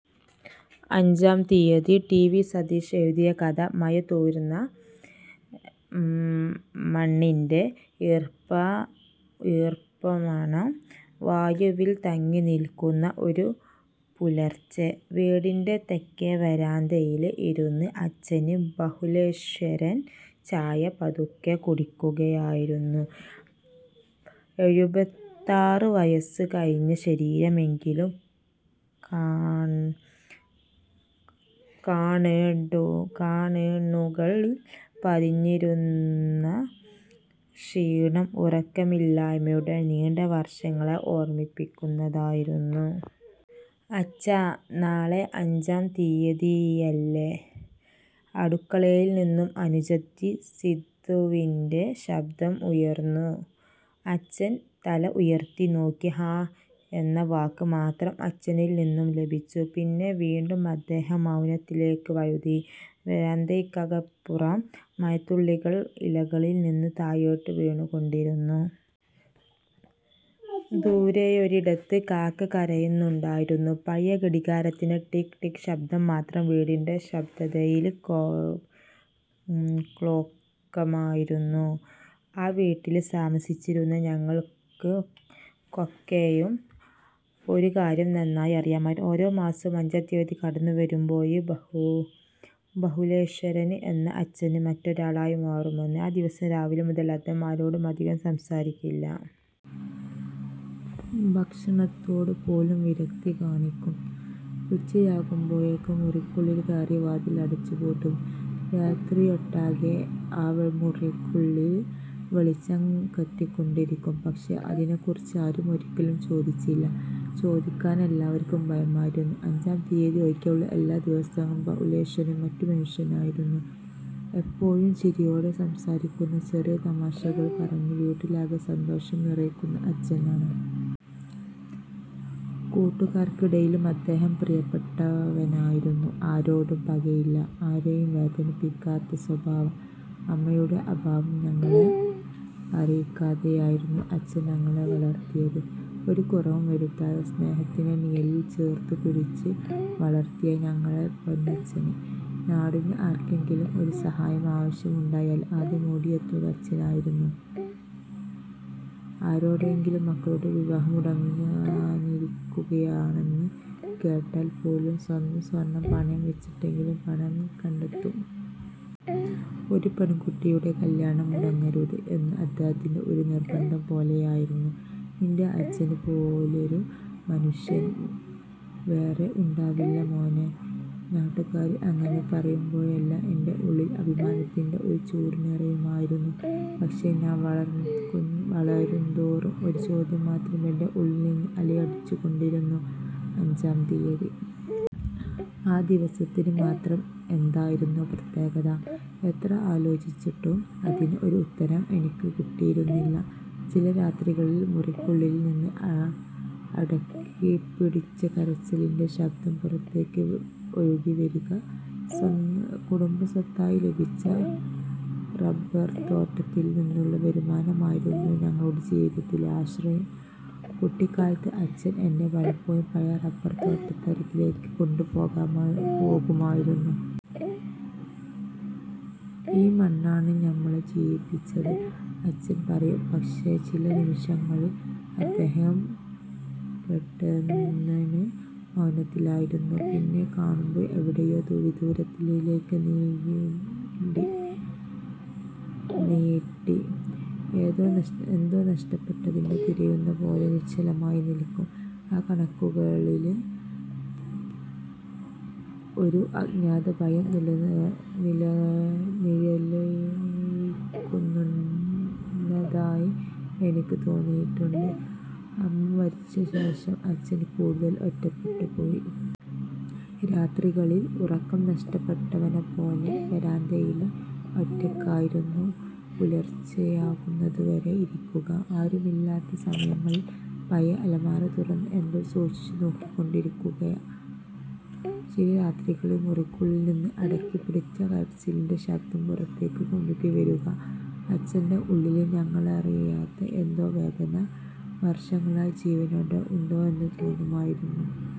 അഞ്ചാം തീയതി ടിവി സജിത് എഴുതിയ കഥ മഴ തോര്ന്ന മണ്ണിന്റെ ഈര്പ്പുമണം വായുവില് തങ്ങിനിന്നിരുന്ന ഒരു പുലര്ച്ചെ. വീടിന്റെ തെക്കേ വരാന്തയില് ഇരുന്ന് അച്ഛന്, ബാഹുലേശ്വരന് ചായ പതുക്കെ കുടിക്കുകയായിരുന്നു. എഴുപത്താറ് വയസ്സ് കഴിഞ്ഞ ശരീരമെങ്കിലും, കണ്ണുകളില് പതിഞ്ഞിരുന്ന ക്ഷീണം ഉറക്കമില്ലായ്മയുടെ നീണ്ട വര്ഷങ്ങളെ ഓര്മ്മിപ്പിക്കുന്നതായിരുന്നു. ''അച്ഛാ... നാളെ അഞ്ചാം തീയതിയല്ലേ? '' അടുക്കളയില് നിന്നും അനുജത്തി സിന്ധുവിന്റെ ശബ്ദം ഉയര്ന്നു. അച്ഛന് തല ഉയര്ത്തി നോക്കി. ''ആണ്... ' എന്ന വാക്ക് മാത്രം അച്ഛനില് നിന്നും ലഭിച്ചു. പിന്നെ വീണ്ടും അദ്ദേഹം മൗനത്തിലേക്ക് വഴുതി. വരാന്തയ്ക്കപ്പുറം മഴത്തുള്ളികള് ഇലകളില് നിന്ന് താഴേക്ക് വീണുകൊണ്ടിരുന്നു. ദൂരെയൊരിടത്ത് കാക്ക കരയുന്നുണ്ടായിരുന്നു. പഴയ ഘടികാരത്തിന്റെ ടിക്... ടിക്... ശബ്ദം മാത്രം വീടിന്റെ നിശബ്ദതയില് കേള്ക്കാമായിരുന്നു. ആ വീട്ടില് താമസിച്ചിരുന്ന ഞങ്ങള്ക്കൊക്കെയും ഒരു കാര്യം നന്നായി അറിയാമായിരുന്നു ഓരോ മാസവും അഞ്ചാം തീയതി കടന്നുവരുമ്പോള് ബാഹുലേശ്വരന് എന്ന എന്റച്ഛന് മറ്റൊരാളായി മാറുമെന്ന്. ആ ദിവസം രാവിലെ മുതല് അദ്ദേഹം ആരോടും അധികം സംസാരിക്കാറില്ല. ഭക്ഷണത്തോട് പോലും വിരക്തി കാണിക്കും. ഉച്ചയാകുമ്പോഴേക്കും മുറിക്കുള്ളില് കയറി വാതില് അടച്ചുപൂട്ടും. രാത്രിയൊട്ടാകെ ആ മുറിക്കുള്ളില് വെളിച്ചം കത്തിക്കൊണ്ടിരിക്കും. പക്ഷേ, അതിനെക്കുറിച്ച് ആരും ഒരിക്കലും ചോദിച്ചിട്ടില്ല. ചോദിക്കാന് എല്ലാവര്ക്കും ഭയമായിരുന്നു. അഞ്ചാം തീയതി ഒഴികെയുള്ള എല്ലാ ദിവസങ്ങളിലും ബാഹുലേശ്വരന് മറ്റൊരു മനുഷ്യനായിരുന്നു. എപ്പോഴും ചിരിയോടെ സംസാരിക്കുന്ന, ചെറിയ തമാശകള് പറഞ്ഞ് വീട്ടിലാകെ സന്തോഷം നിറയ്ക്കുന്ന അച്ഛന് ആണ്. കൂട്ടുകാര്ക്കിടയിലും അദ്ദേഹം പ്രിയപ്പെട്ടവനായിരുന്നു. ആരോടും പകയില്ല, ആരെയും വേദനിപ്പിക്കാത്ത സ്വഭാവം. അമ്മയുടെ അഭാവം ഞങ്ങളെ അറിയിക്കാതെയായിരുന്നു അച്ഛന് ഞങ്ങളെ വളര്ത്തിയത്. ഒരു കുറവും വരുത്താതെ, സ്നേഹത്തിന്റെ നിഴലില് ചേര്ത്തുപിടിച്ച് വളര്ത്തിയ ഞങ്ങളുടെ പൊന്നച്ഛന്. നാട്ടില് ആര്ക്കെങ്കിലും ഒരു സഹായം ആവശ്യമുണ്ടായാല് ആദ്യം ഓടിയെത്തുന്നത് അച്ഛനായിരുന്നു. ആരുടെയെങ്കിലും മകളുടെ വിവാഹം മുടങ്ങാനിരിക്കുകയാണെന്ന് കേട്ടാല് പോലും, സ്വന്തം സ്വര്ണം പണയം വെച്ചെങ്കിലും പണം കണ്ടെത്തും. ''ഒരു പെണ്കുട്ടിയുടെ കല്യാണം മുടങ്ങരുത്... ' എന്നത് അദ്ദേഹത്തിന് ഒരു നിര്ബന്ധം പോലെയായിരുന്നു. ''നിന്റെ അച്ഛനെ പോലൊരു മനുഷ്യന് വേറെ ഉണ്ടാവില്ല മോനേ... ' നാട്ടുകാര് അങ്ങനെ പറയുമ്പോഴെല്ലാം എന്റെ ഉള്ളില് അഭിമാനത്തിന്റെ ഒരു ചൂട് നിറയുമായിരുന്നു. പക്ഷേ, ഞാന് വളരുന്നതോറും ഒരു ചോദ്യമാത്രം എന്നെ ഉള്ളില്നിന്ന് അലട്ടിക്കൊണ്ടിരുന്നു, അഞ്ചാം തീയതി. ആ ദിവസത്തിന് മാത്രം എന്തായിരുന്നു പ്രത്യേകത? എത്ര ആലോചിച്ചിട്ടും അതിന് ഒരു ഉത്തരം എനിക്ക് കിട്ടിയിരുന്നില്ല. ചില രാത്രികളില് മുറിക്കുള്ളില് നിന്ന് അടക്കിപ്പിടിച്ച കരച്ചിലിന്റെ ശബ്ദം പുറത്തേക്ക് ഒഴുകിവരിക... കുടുംബസ്വത്തായി ലഭിച്ച റബ്ബര്തോട്ടത്തില് നിന്നുള്ള വരുമാനമായിരുന്നു ഞങ്ങളുടെ ജീവിതത്തിന്റെ ആശ്രയം. കുട്ടിക്കാലത്ത് അച്ഛന് എന്നെ പലപ്പോഴും പഴയ റബ്ബര്തോട്ടത്തിലേക്ക് കൊണ്ടുപോകുമായിരുന്നു. ''ഈ മണ്ണാണ് നമ്മളെ ജീവിപ്പിച്ചത്... ' അച്ഛന് പറയും. പക്ഷേ ചില നിമിഷങ്ങളില് അദ്ദേഹം പെട്ടെന്ന് മൗനത്തിലാകുമായിരുന്നു. പിന്നെ കണ്ണുകള് എവിടെയോ വിദൂരതയിലേക്ക് നീട്ടി, എന്തോ നഷ്ടപ്പെട്ടതിനെ തിരയുന്നതുപോലെ നിശ്ചലനായി നില്ക്കും. ആ കണ്ണുകളില് ഒരു അജ്ഞാതഭയം നിഴലിക്കുന്നതായി എനിക്ക് തോന്നിയിട്ടുണ്ട്. അമ്മ മരിച്ചശേഷം അച്ഛന് കൂടുതല് ഒറ്റപ്പെട്ടുപോയി. രാത്രികളില് ഉറക്കം നഷ്ടപ്പെട്ടവനെപ്പോലെ വരാന്തയില് ഒറ്റയ്ക്കിരുന്നു പുലര്ച്ചെയാകുന്നത് വരെ ഇരിക്കുക... ആരുമില്ലാത്ത സമയങ്ങളില് പഴയ അലമാര തുറന്ന് എന്തോ സൂക്ഷിച്ചു നോക്കിക്കൊണ്ടിരിക്കുക... ചില രാത്രികളില് മുറിക്കുള്ളില് നിന്ന് അടക്കിപ്പിടിച്ച കരച്ചിലിന്റെ ശബ്ദം പുറത്തേക്ക് ഒഴുകിവരിക... അച്ഛന്റെ ഉള്ളില് ഞങ്ങള്ക്കറിയാത്ത ഏതോ വേദന വര്ഷങ്ങളായി ജീവനോടെ ഉണ്ടെന്ന് തോന്നുമായിരുന്നു.